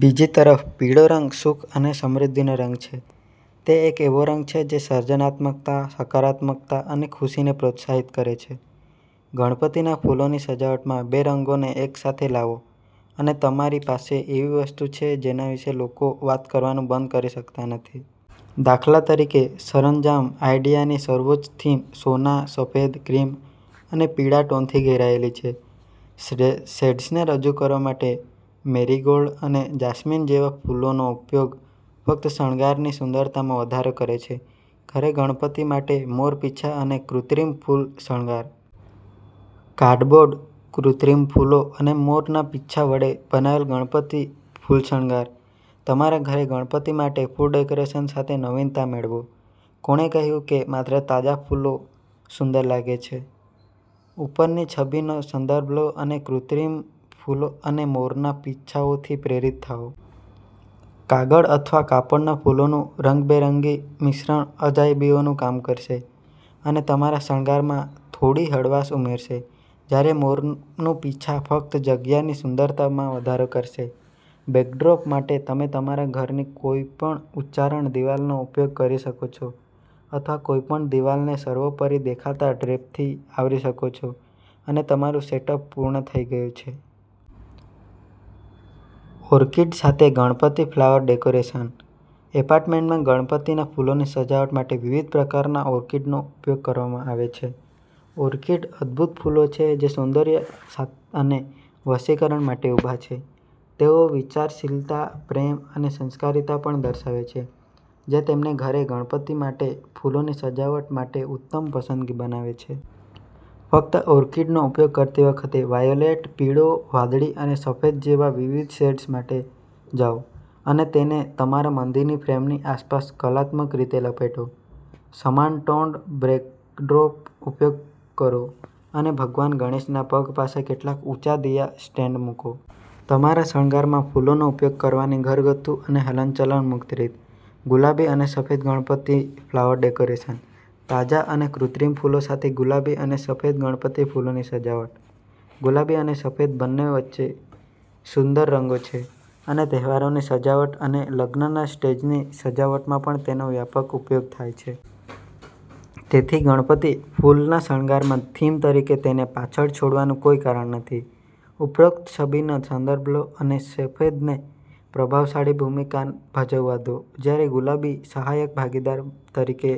બીજી તરફ પીળો રંગ સુખ અને સમૃદ્ધિનો રંગ છે. તે એક એવો રંગ છે જે સર્જનાત્મકતા, સકારાત્મકતા અને ખુશીને પ્રોત્સાહિત કરે છે. ગણપતિના ફૂલોની સજાવટમાં બે રંગોને એકસાથે લાવો, અને તમારી પાસે એવી વસ્તુ છે જેના વિશે લોકો વાત કરવાનું બંધ કરી શકતા નથી. દાખલા તરીકે, સરંજામ આઈડિયાની સર્વોચ્ચ થીમ સોના, સફેદ, ક્રીમ અને પીળા ટોનથી ઘેરાયેલી છે. શેડ્સને રજૂ કરવા માટે મેરીગોલ્ડ અને જાસ્મિન જેવા ફૂલોનો ઉપયોગ ફક્ત શણગારની સુંદરતામાં વધારો કરે છે. ઘરે ગણપતિ માટે મોર પીંછા અને કૃત્રિમ ફૂલ શણગાર. કાર્ડબોર્ડ, કૃત્રિમ ફૂલો અને મોરના પીંછા વડે બનાવેલ ગણપતિ ફૂલ શણગાર. તમારા ઘરે ગણપતિ માટે ફૂલ ડેકોરેશન સાથે નવીનતા મેળવો. કોણે કહ્યું કે માત્ર તાજા ફૂલો સુંદર લાગે છે? ઉપરની છબીનો સંદર્ભ લો અને કૃત્રિમ ફૂલો અને મોરના પીછાઓથી પ્રેરિત થાઓ. કાગળ અથવા કાપડના ફૂલોનું રંગબેરંગી મિશ્રણ અજાયબીઓનું કામ કરશે અને તમારા શણગારમાં થોડી હળવાશ ઉમેરશે, જ્યારે મોરનું પીંછા ફક્ત જગ્યાની સુંદરતામાં વધારો કરશે. બેકડ્રોપ માટે, તમે તમારા ઘરની કોઈપણ ઉચ્ચારણ દિવાલનો ઉપયોગ કરી શકો છો અથવા કોઈપણ દિવાલને સર્વોપરી દેખાતા ડ્રેપથી આવરી શકો છો, અને તમારું સેટઅપ પૂર્ણ થઈ ગયું છે! ઓર્કિડ સાથે ગણપતિ ફ્લાવર ડેકોરેશન. એપાર્ટમેન્ટમાં ગણપતિના ફૂલોની સજાવટ માટે વિવિધ પ્રકારના ઓર્કિડનો ઉપયોગ કરવામાં આવે છે. ઓર્કિડ અદભૂત ફૂલો છે જે સૌંદર્ય અને વશીકરણ માટે ઊભા છે. તેઓ વિચારશીલતા, પ્રેમ અને સંસ્કારિતા પણ દર્શાવે છે, જે તેમને ઘરે ગણપતિ માટે ફૂલોની સજાવટ માટે ઉત્તમ પસંદગી બનાવે છે. ફક્ત ઓર્કિડનો ઉપયોગ કરતી વખતે, વાયોલેટ, પીળો, વાદળી અને સફેદ જેવા વિવિધ શેડ્સ માટે જાઓ અને તેને તમારા મંદિરની ફ્રેમની આસપાસ કલાત્મક રીતે લપેટો. સમાન ટોન્ડ બેકડ્રોપનો ઉપયોગ કરો અને ભગવાન ગણેશના પગ પાસે કેટલાક ઊંચા દિયા સ્ટેન્ડ મૂકો. તમારા શણગારમાં ફૂલોનો ઉપયોગ કરવાની ઘરગથ્થુ અને હલચલ-મુક્ત રીત. ગુલાબી અને સફેદ ગણપતિ ફ્લાવર ડેકોરેશન. તાજા અને કૃત્રિમ ફૂલો સાથે ગુલાબી અને સફેદ ગણપતિ ફૂલોની સજાવટ. ગુલાબી અને સફેદ બંને સુંદર રંગો છે અને તહેવારોની સજાવટ અને લગ્નના સ્ટેજની સજાવટમાં પણ તેનો વ્યાપક ઉપયોગ થાય છે. તેથી, ગણપતિ ફૂલના શણગારમાં થીમ તરીકે તેને પાછળ છોડવાનું કોઈ કારણ નથી. ઉપરોક્ત છબીનો સંદર્ભ લો અને સફેદને પ્રભાવશાળી ભૂમિકા ભજવવા દો જ્યારે ગુલાબી સહાયક ભાગીદાર તરીકે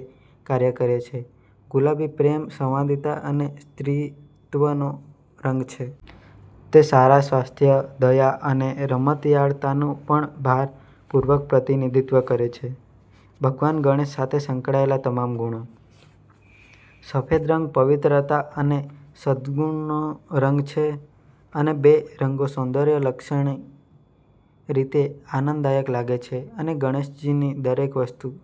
કાર્ય કરે છે. ગુલાબી પ્રેમ, સંવાદિતા અને સ્ત્રીત્વનો રંગ છે. તે સારા સ્વાસ્થ્ય, દયા અને રમતિયાળતાનું પણ ભારપૂર્વક પ્રતિનિધિત્વ કરે છે. ભગવાન ગણેશ સાથે સંકળાયેલા તમામ ગુણો. સફેદ રંગ પવિત્રતા અને સદ્ગુણનો રંગ છે, અને બે રંગો સૌંદર્યલક્ષી રીતે આનંદદાયક લાગે છે અને ગણેશજીની દરેક વસ્તુ